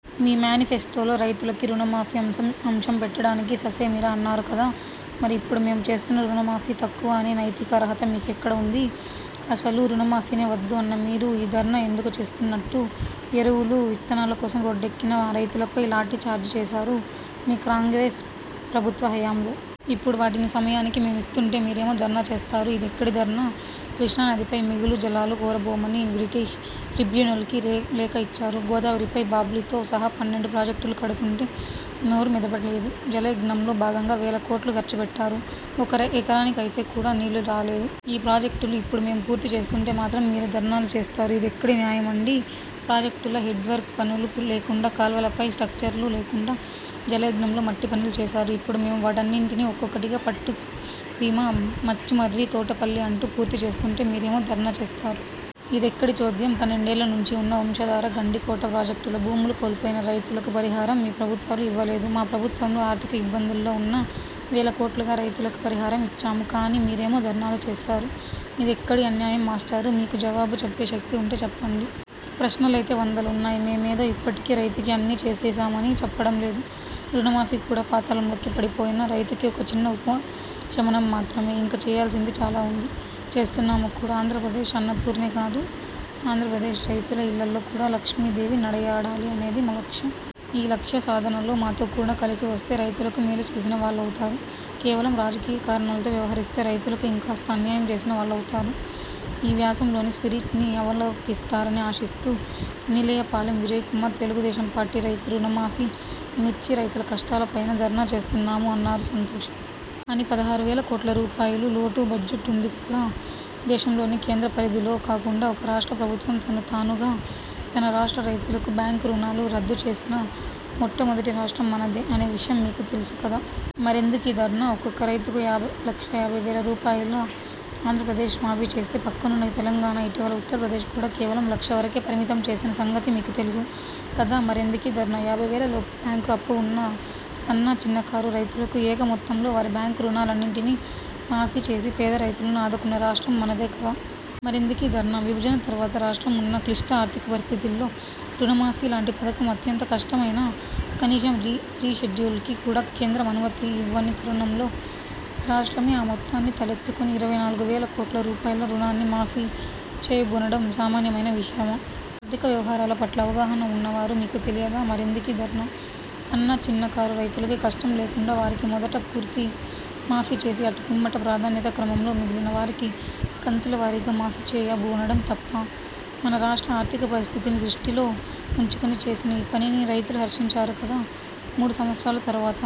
మీ మ్యానిఫెస్టోలో రైతులకి రుణమాఫీ అంశం పెట్టడానికి ససేమిరా అన్నారు కదా? మరి ఇప్పుడు మేము చేస్తున్న రుణమాఫీ తక్కువ అనే నైతిక అర్హత మీకెక్కడ వుంది? ఆసలు రుణమాఫీనే వద్దు అన్న మీరు, ఈ ధర్నా ఎందుకు చేస్తున్నట్టు? ఎరువుల, విత్తనాల కోసం రోడ్దేక్కిన రైతులపై లాఠీ చార్జీ చేసారు, మీ కాంగ్రెస్ ప్రభుత్వ హయాం. ఇప్పుడు వాటిని సమయానికి మేమిస్తుంటే, మీరేమో ధర్నా చేస్తారు. ఇదెక్కడి ధర్నా? కృష్ణా నదిపై మిగులు జలాలు కోరబోమని బ్రిజేష్ ట్రిబ్యునల్కి లేఖ ఇచ్చారు. గోదావరిపై బాబ్లీతో సహా పన్నెండు ప్రాజెక్టులు కడుతుంటే నోరు మెదపలేదు. జలయజ్ఞంలో భాగంగా వేల కోట్లు ఖర్చు పెట్టారు. ఒక ఎకరానికైతే కూడా నీళ్ళు రాలే. ఆ ప్రాజెక్టులు ఇప్పుడు మేము పూర్తి చేస్తుంటే మాత్రం మీరు ధర్నాలు చేస్తారు. ఇదెక్కడి న్యాయం అండీ? ప్రాజెక్టుల హెడ్ వర్క్ పనులు లేకుండా, కాల్వలపై స్ట్రక్చర్లు లేకుండా జలయజ్ఞంలో మట్టి పనులు చేసారు. ఇప్పుడు మేము వాటన్నింటినీ ఒక్కొకటిగా, పట్టుసీమ, ముచ్చుమర్రి, తోటపల్లి, అంటూ పూర్తి చేస్తుంటే, మీరేమో ధర్నా చేస్తారు. ఇదెక్కడి చోద్యం? పన్నెండేళ్ళ నుంచీ వున్న, వంశధార, గండికోట ప్రాజెక్టుల భూములు కోల్పోయిన రైతులకు పరిహారం మీ ప్రభుత్వాలు ఇవ్వలేదు. మా ప్రభుత్వంలో ఆర్థిక ఇబ్బందుల్లో వున్నా, వేల కోట్లుగా, రైతులకి పరిహారం ఇచ్చాము. కానే మీరేమో ధర్నాలు చేస్తారు! ఇదెక్కడి అన్యాయం మాస్టారు? మీకు జవాబు చెప్పే శక్తి వుంటే చెప్పండి. ప్రశ్నలైతే వందలు వున్నాయి. మేమేదో ఇప్పటికే రైతుకి అన్నీ చేసేసామని చెప్పటం లేదు. రుణమాఫీ కూడా, పాతాళంలోకి పడిపోయిన రైతుకి ఒక చిన్న ఉపశమనం మాత్రమే. ఇంకా చేయాల్సింది చాలా వుంది. చేస్తున్నాము కూడా. ఆంధ్రప్రదేశ్ అన్నపూర్ణే కాదు, ఆంధ్రప్రదేశ్ రైతుల ఇళ్ళల్లో కూడా లక్ష్మీదేవి నడయాడాలి అనేదే మా లక్ష్. ఈ లక్ష్యసాధనలో మాతో కూడా కలిసి వస్తే రైతులకి మేలు చేసిన వాళ్ళవుతారు. కేవలం రాజకీయ కారణాలతో వ్యవహరిస్తే రైతులకు ఇంకాస్త అన్యాయం చేసిన వాళ్ళవుతారు. ఈ వ్యాసంలోని 'స్పిరిట్'ని అవలోకిస్తారని ఆశిస్తూ నీలయపాలెం విజయ్ కుమార్ తెలుగు దేశం పార్టీ రైతు రుణమాఫీ, మిర్చి రైతుల కష్టాల పైనా ధర్నా చేస్తున్నాము అన్నారు, సంతోష్. కానీ పదహారు వేల కోట్ల రూపాయలు లోటు బడ్జెట్ వుండి కూడా, దేశంలోనే, కేంద్ర పరిధిలో కాకుండా, ఒక రాష్ట్ర ప్రభుత్వం తను తానుగా, తన రాష్ట్ర రైతులకు బ్యాంకు రుణాలు రద్దు చేసిన మొట్టమొదటి రాష్ట్రం మనదే అనే విషయం మీకు తెలుసు కదా! మరెందుకీ ధర్నా? ఒక్కొక్క రైతుకు లక్ష యాభై వేల రూపాయలు ఆంధ్రప్రదేశ్ మాఫీ చేస్తే, పక్కనున్న తెలంగాణ, ఇటీవల ఉత్తరప్రదేశ్ కూడా, కేవలం లక్ష వరకే పరిమితం చేసిన సంగతి మీకు తెలుసు కదా? మరెందుకీ ధర్నా? యాభైవేల లోపు బ్యాంకు అప్పు వున్న సన్న, చిన్నకారు, రైతులకు ఏక మొత్తంలో వారి బ్యాంకు రుణాలన్నింటినీ మాఫీ చేసి పేద రైతులను ఆదుకొన్న రాష్ట్రం మనదే కదా? మరెందుకీ ధర్నా? విభజన తర్వాత రాష్ట్రం వున్న క్లిష్ట ఆర్థిక పరిస్థితులలో, రుణమాఫీ లాంటి పథకం అత్యంత కష్టమైనా, కనీసం రీషెడ్యూల్కి కూడా కేంద్రం అనుమతి ఇవ్వని తరుణంలో, రాష్ట్రమే ఆ మొత్తాన్ని తలకెత్తుకొని ఇరవై నాలుగు వేల కోట్ల రూపాయల రుణాన్ని మాఫీ చేయబూనడం సామాన్యమైన విషయమా? ఆర్థిక వ్యవహారాల పట్ల అవగాహన వున్నవారు, మీకు తెలియదా? మరెందుకీ ధర్నా? సన్న చిన్న కారు రైతులకి కష్టం లేకుండా వారికి మొదట పూర్తి మాఫీ చేసి, అటు పిమ్మట, ప్రాధాన్యతా క్రమంలో మిగిలిన వారికి కంతుల వారీగా మాఫీ చేయబూనడం తప్పా? మన రాష్ట్ర ఆర్థిక పరిస్థితిని దృష్టిలో వుంచుకొని చేసిన ఈ పనిని రైతులు హర్షించారు కదా! మూడు సంవత్సరాల తర్వాత